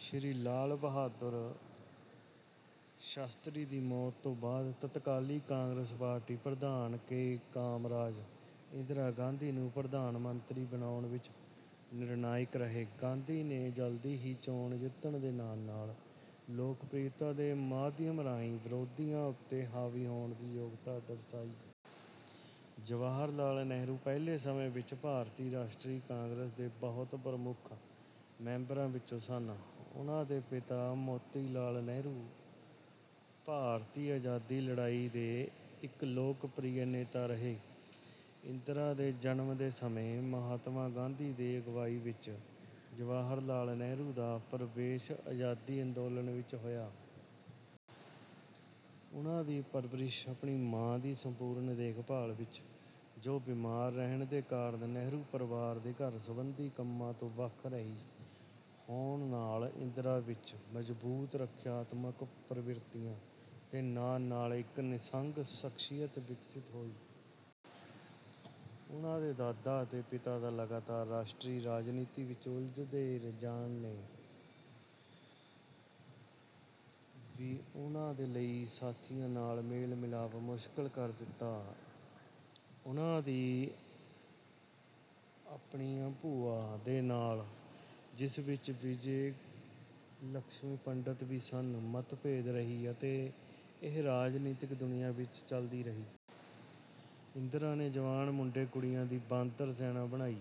ਸ਼੍ਰੀ ਲਾਲ ਬਹਾਦੁਰ ਸ਼ਾਸਤਰੀ ਦੀ ਮੌਤ ਤੋੋਂ ਬਾਅਦ ਤਤਕਾਲੀ ਕਾਂਗਰਸ ਪਾਰਟੀ ਪ੍ਰਧਾਨ ਕੇ. ਕਾਮਰਾਜ ਇੰਦਰਾ ਗਾਂਧੀ ਨੂੰ ਪ੍ਰਧਾਨ ਮੰਤਰੀ ਬਣਾਉਣ ਵਿੱਚ ਨਿਰਣਾਇਕ ਰਹੇ। ਗਾਂਧੀ ਨੇ ਜਲਦੀ ਹੀ ਚੋਣ ਜਿੱਤਣ ਦੇ ਨਾਲ-ਨਾਲ ਲੋਕਪ੍ਰਿਅਤਾ ਦੇ ਮਾਧਿਅਮ ਰਾਹੀਂ ਵਿਰੋਧੀਆਂ ਉੱਤੇ ਹਾਵੀ ਹੋਣ ਦੀ ਯੋਗਤਾ ਦਰਸਾਈ। ਜਵਾਹਰ ਲਾਲ ਨਹਿਰੂ ਪਹਿਲੇ ਸਮੇਂ ਵਿੱਚ ਭਾਰਤੀ ਰਾਸ਼ਟਰੀ ਕਾਂਗਰਸ ਦੇ ਬਹੁਤ ਪ੍ਰਮੁੱਖ ਮੈਬਰਾਂ ਵਿੱਚੋਂ ਸਨ। ਉਨ੍ਹਾਂ ਦੇ ਪਿਤਾ ਮੋਤੀਲਾਲ ਨਹਿਰੂ ਭਾਰਤੀ ਆਜ਼ਾਦੀ ਲੜਾਈ ਦੇ ਇੱਕ ਲੋਕਪ੍ਰਿਯ ਨੇਤਾ ਰਹੇ। ਇੰਦਰਾ ਦੇ ਜਨਮ ਦੇ ਸਮੇਂ ਮਹਾਤਮਾ ਗਾਂਧੀ ਦੇ ਅਗਵਾਈ ਵਿੱਚ ਜਵਾਹਿਰਲਾਲ ਨਹਿਰੂ ਦਾ ਪਰਵੇਸ਼ ਆਜ਼ਾਦੀ ਅੰਦੋਲਨ ਵਿੱਚ ਹੋਇਆ। ਉਨ੍ਹਾਂ ਦੀ ਪਰਵਰਿਸ਼ ਆਪਣੀ ਮਾਂ ਦੀ ਸੰਪੂਰਣ ਦੇਖਭਾਲ ਵਿੱਚ, ਜੋ ਬੀਮਾਰ ਰਹਿਣ ਦੇ ਕਾਰਨ ਨਹਿਰੂ ਪਰਵਾਰ ਦੇ ਘਰ ਸੰਬੰਧੀ ਕੰਮਾਂ ਤੋਂ ਵੱਖ ਰਹੀ, ਹੋਣ ਨਾਲ ਇੰਦਰਾ ਵਿੱਚ ਮਜਬੂਤ ਰੱਖਿਆਤਮਕ ਪ੍ਰਵਿਰਤੀਆਂ ਦੇ ਨਾਲ ਨਾਲ ਇੱਕ ਨਿਸੰਗ ਸ਼ਖਸੀਅਤ ਵਿਕਸਿਤ ਹੋਈ। ਉਨ੍ਹਾਂ ਦੇ ਦਾਦਾ ਅਤੇ ਪਿਤਾ ਦਾ ਲਗਾਤਾਰ ਰਾਸ਼ਟਰੀ ਰਾਜਨੀਤੀ ਵਿੱਚ ਉਲਝਦੇ ਜਾਣ ਨੇ ਵੀ ਉਨ੍ਹਾਂ ਦੇ ਲਈ ਸਾਥੀਆਂ ਨਾਲ ਮੇਲ-ਮਿਲਾਪ ਮੁਸ਼ਕਲ ਕਰ ਦਿੱਤਾ। ਉਨ੍ਹਾਂ ਦੀ ਆਪਣੀਆਂ ਭੂਆਂ ਦੇ ਨਾਲ ਜਿਸ ਵਿੱਚ ਵਿਜੇਲਕਸ਼ਮੀ ਪੰਡਤ ਵੀ ਸਨ, ਮਤਭੇਦ ਰਹੀ ਅਤੇ ਇਹ ਰਾਜਨੀਤਕ ਦੁਨੀਆ ਵਿੱਚ ਚੱਲਦੀ ਰਹੀ। ਇੰਦਰਾ ਨੇ ਜਵਾਨ ਮੁੰਡੇ-ਕੁੜੀਆਂ ਦੀ ਬਾਂਦਰ ਸੈਨਾ ਬਣਾਈ,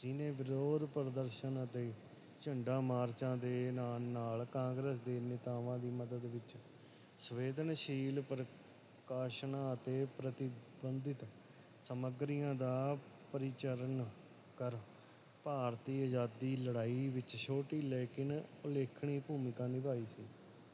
ਜਿਨ੍ਹੇ ਵਿਰੋਧ ਪ੍ਰਦਰਸ਼ਨ ਅਤੇ ਝੰਡਾ ਮਾਰਚਾਂ ਦੇ ਨਾਲ ਨਾਲ ਕਾਂਗਰਸ ਦੇ ਨੇਤਾਵਾਂ ਦੀ ਮਦਦ ਵਿੱਚ ਸੰਵੇਦਨਸ਼ੀਲ ਪ੍ਰਕਾਸ਼ਨਾਂ ਅਤੇ ਪ੍ਰਤੀਬੰਧਿਤ ਸਾਮਗਰੀਆਂ ਦਾ ਪਰਿਚਰਣ ਕਰ ਭਾਰਤੀ ਆਜ਼ਾਦੀ ਲੜਾਈ ਵਿੱਚ ਛੋਟੀ ਲੇਕਿਨ ਉਲੇਖਣੀ ਭੂਮਿਕਾ ਨਿਭਾਈ ਸੀ।